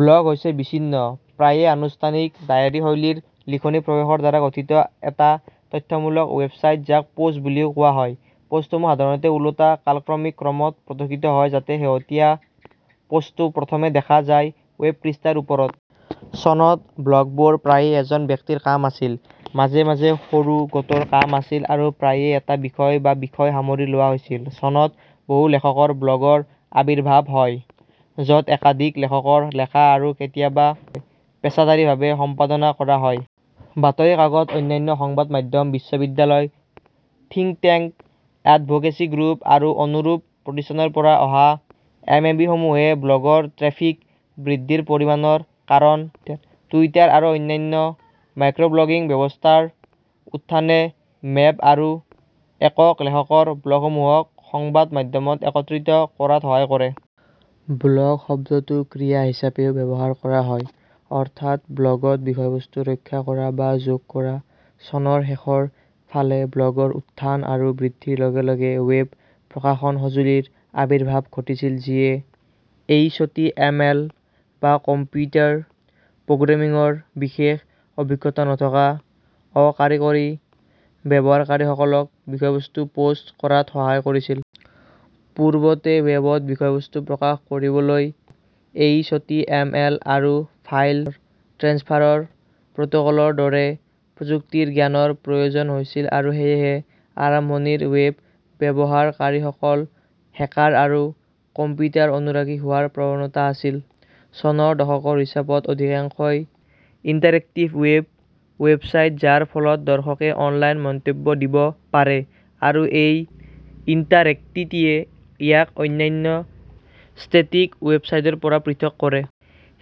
Blog হৈছে বিচ্ছিন্ন, প্ৰায়ে অনানুষ্ঠানিক ডায়েৰী-শৈলীৰ লিখনী প্ৰৱেশৰ দ্বাৰা গঠিত এটা তথ্যমূলক ৱেবছাইট যাক পোষ্ট বুলিও কোৱা হয়। পোষ্টসমূহ সাধাৰণতে ওলোটা কালক্ৰমিক ক্ৰমত প্ৰদৰ্শিত হয় যাতে শেহতীয়া পোষ্টটো প্ৰথমে দেখা যায়, ৱেব পৃষ্ঠাৰ ওপৰত। চনত ব্লগবোৰ প্ৰায়ে এজন ব্যক্তিৰ কাম আছিল, মাজে মাজে সৰু গোটৰ কাম আছিল আৰু প্ৰায়ে এটা বিষয় বা বিষয় সামৰি লোৱা হৈছিল। চনত বহু-লেখকৰ ব্লগ ৰ আৱিৰ্ভাৱ হয়, য'ত একাধিক লেখকৰ লেখা আৰু কেতিয়াবা পেছাদাৰীভাৱে সম্পাদনা কৰা হয়। বাতৰি কাকত, অন্যান্য সংবাদ মাধ্যম, বিশ্ববিদ্যালয়, থিংক টেংক, এডভোকেচি গ্ৰুপ, আৰু অনুৰূপ প্ৰতিষ্ঠানৰ পৰা অহা এমএবিসমূহে ব্লগৰ ট্ৰেফিক বৃদ্ধিৰ পৰিমাণৰ কাৰণ। টুইটাৰ আৰু অন্যান্য "মাইক্ৰ'ব্লগিং" ব্যৱস্থাৰ উত্থানে মেব আৰু একক-লেখকৰ ব্লগসমূহক সংবাদ মাধ্যমত একত্ৰিত কৰাত সহায় কৰে। ব্লগ শব্দটো ক্ৰিয়া হিচাপেও ব্যৱহাৰ কৰা হয়, অৰ্থাৎ ব্লগত বিষয়বস্তু ৰক্ষা কৰা বা যোগ কৰা। চনৰ শেষৰ ফালে ব্লগৰ উত্থান আৰু বৃদ্ধিৰ লগে লগে ৱেব প্ৰকাশন সঁজুলিৰ আবিৰ্ভাৱ ঘটিছিল যিয়ে এইচটিএমএল বা কম্পিউটাৰ প্ৰগ্ৰেমিংৰ বিশেষ অভিজ্ঞতা নথকা অকাৰিকৰী ব্যৱহাৰকাৰীসকলক বিষয়বস্তু পোষ্ট কৰাত সহায় কৰিছিল। পূৰ্বতে ৱেবত বিষয়বস্তু প্ৰকাশ কৰিবলৈ এইচটিএমএল আৰু ফাইল ট্ৰেন্সফাৰ প্ৰট'কলৰ দৰে প্ৰযুক্তিৰ জ্ঞানৰ প্ৰয়োজন হৈছিল আৰু সেয়েহে আৰম্ভণিৰ ৱেব ব্যৱহাৰকাৰীসকল হেকাৰ আৰু কম্পিউটাৰ অনুৰাগী হোৱাৰ প্ৰৱণতা আছিল। চনৰ দশকৰ হিচাপত অধিকাংশই ইণ্টাৰেক্টিভ ৱেব ৱেবছাইট, যাৰ ফলত দৰ্শকে অনলাইন মন্তব্য দিব পাৰে, আৰু এই ইণ্টাৰেক্টিটিয়েই ইয়াক অন্যান্য ষ্টেটিক ৱেবছাইটৰ পৰা পৃথক কৰে।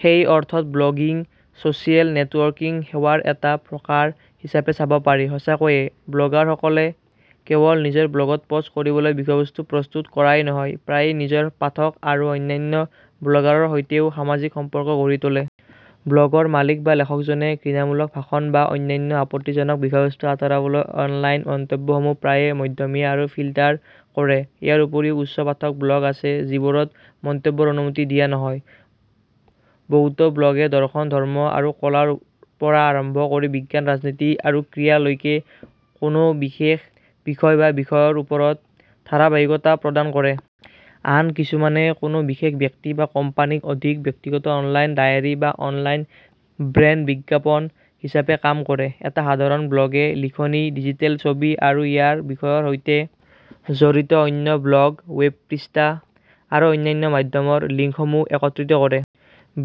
সেই অৰ্থত ব্লগিংক ছ'চিয়েল নেটৱৰ্কিং সেৱাৰ এটা প্ৰকাৰ হিচাপে চাব পাৰি। সঁচাকৈয়ে ব্লগাৰসকলে কেৱল নিজৰ ব্লগত পোষ্ট কৰিবলৈ বিষয়বস্তু প্ৰস্তুত কৰাই নহয়, প্ৰায়ে নিজৰ পাঠক আৰু অন্যান্য ব্লগাৰৰ সৈতেও সামাজিক সম্পৰ্ক গঢ়ি তোলে। ব্লগৰ মালিক বা লেখকসকলে ঘৃণামূলক ভাষণ বা অন্যান্য আপত্তিজনক বিষয়বস্তু আঁতৰাবলৈ অনলাইন মন্তব্যসমূহ প্ৰায়ে মধ্যমীয়া আৰু ফিল্টাৰ কৰে। ইয়াৰ উপৰিও উচ্চ পাঠক ব্লগ আছে যিবোৰত মন্তব্যৰ অনুমতি দিয়া নহয়। বহুতো ব্লগে দৰ্শন, ধৰ্ম আৰু কলা ৰ পৰা আৰম্ভ কৰি বিজ্ঞান, ৰাজনীতি আৰু ক্ৰীড়া লৈকে কোনো বিশেষ বিষয় বা বিষয়ৰ ওপৰত ধাৰাবাহিকতা প্ৰদান কৰে। আন কিছুমানে কোনো বিশেষ ব্যক্তি বা কোম্পানীক অধিক ব্যক্তিগত অনলাইন ডায়েৰী বা অনলাইন ব্ৰেণ্ড বিজ্ঞাপন হিচাপে কাম কৰে। এটা সাধাৰণ ব্লগে লিখনী, ডিজিটেল ছবি, আৰু ইয়াৰ বিষয়ৰ সৈতে জড়িত অন্য ব্লগ, ৱেব পৃষ্ঠা, আৰু অন্যান্য মাধ্যমৰ লিংকসমূহ একত্ৰিত কৰে।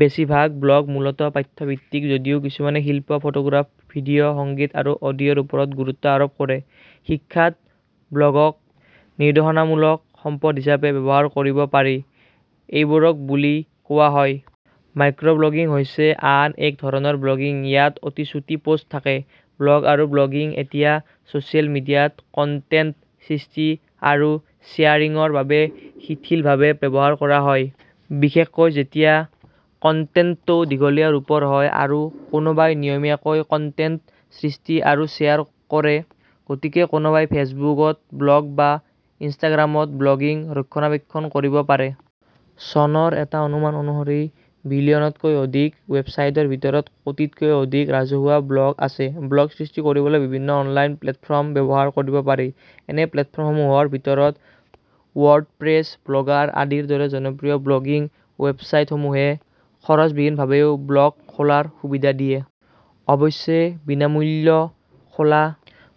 বেছিভাগ ব্লগ মূলতঃ পাঠ্যভিত্তিক যদিও কিছুমানে শিল্প, ফটোগ্ৰাফ, ভিডিঅ', সংগীত, আৰু অডিঅ' ৰ ওপৰত গুৰুত্ব আৰোপ কৰে। শিক্ষাত ব্লগক নিৰ্দেশনামূলক সম্পদ হিচাপে ব্যৱহাৰ কৰিব পাৰি; এইবোৰক বুলি কোৱা হয়। মাইক্ৰ'ব্লগিং হৈছে আন এক ধৰণৰ ব্লগিং, ইয়াত অতি চুটি পোষ্ট থাকে। ব্লগ আৰু ব্লগিং এতিয়া ছ'চিয়েল মিডিয়াত কণ্টেণ্ট সৃষ্টি আৰু শ্বেয়াৰিঙৰ বাবে শিথিলভাৱে ব্যৱহাৰ কৰা হয়, বিশেষকৈ যেতিয়া কণ্টেণ্টটো দীঘলীয়া ৰূপৰ হয় আৰু কোনোবাই নিয়মীয়াকৈ কণ্টেণ্ট সৃষ্টি আৰু শ্বেয়াৰ কৰে, গতিকে কোনোবাই ফেচবুক ত ব্লগ বা ইনষ্টাগ্ৰাম ত ব্লগিং ৰক্ষণাবেক্ষণ কৰিব পাৰে। চনৰ এটা অনুমান অনুসৰি বিলিয়নতকৈ অধিক ৱেবছাইটৰ ভিতৰত কোটিতকৈ অধিক ৰাজহুৱা ব্লগ আছে। ব্লগ সৃষ্টি কৰিবলৈ বিভিন্ন অনলাইন প্লে'টফৰ্ম ব্যৱহাৰ কৰিব পাৰি। এনে প্লে'টফৰ্মসমূহৰ ভিতৰত ৱৰ্ডপ্ৰেছ, ব্লগাৰ আদিৰ দৰে জনপ্ৰিয় ব্লগিং ৱেবচাইটসমূহে খৰচবিহীনভাৱেও ব্লগ খোলাৰ সুবিধা দিয়ে। অৱশ্যে বিনামূল্যে খোলা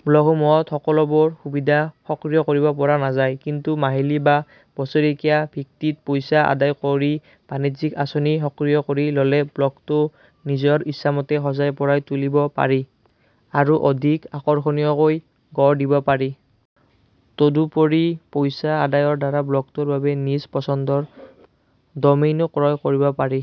ব্লগসমূহত সকলোবোৰ সুবিধা সক্ৰিয় কৰিব পৰা নাযায়। কিন্তু মাহিলি বা বছৰেকীয়া ভিত্তিত পইছা আদায় কৰি বাণিজ্যিক আঁচনি সক্ৰিয় কৰি ল'লে ব্লগটো নিজৰ ইচ্ছামতে সজাই-পৰাই তুলিব পাৰি আৰু অধিক আকৰ্ষণীয়কৈ গঢ় দিব পাৰি। তদুপৰি পইছা আদায়ৰ দ্বাৰা ব্লগটোৰ বাবে নিজ পছন্দৰ ডমেইনো ক্ৰয় কৰিব পাৰি।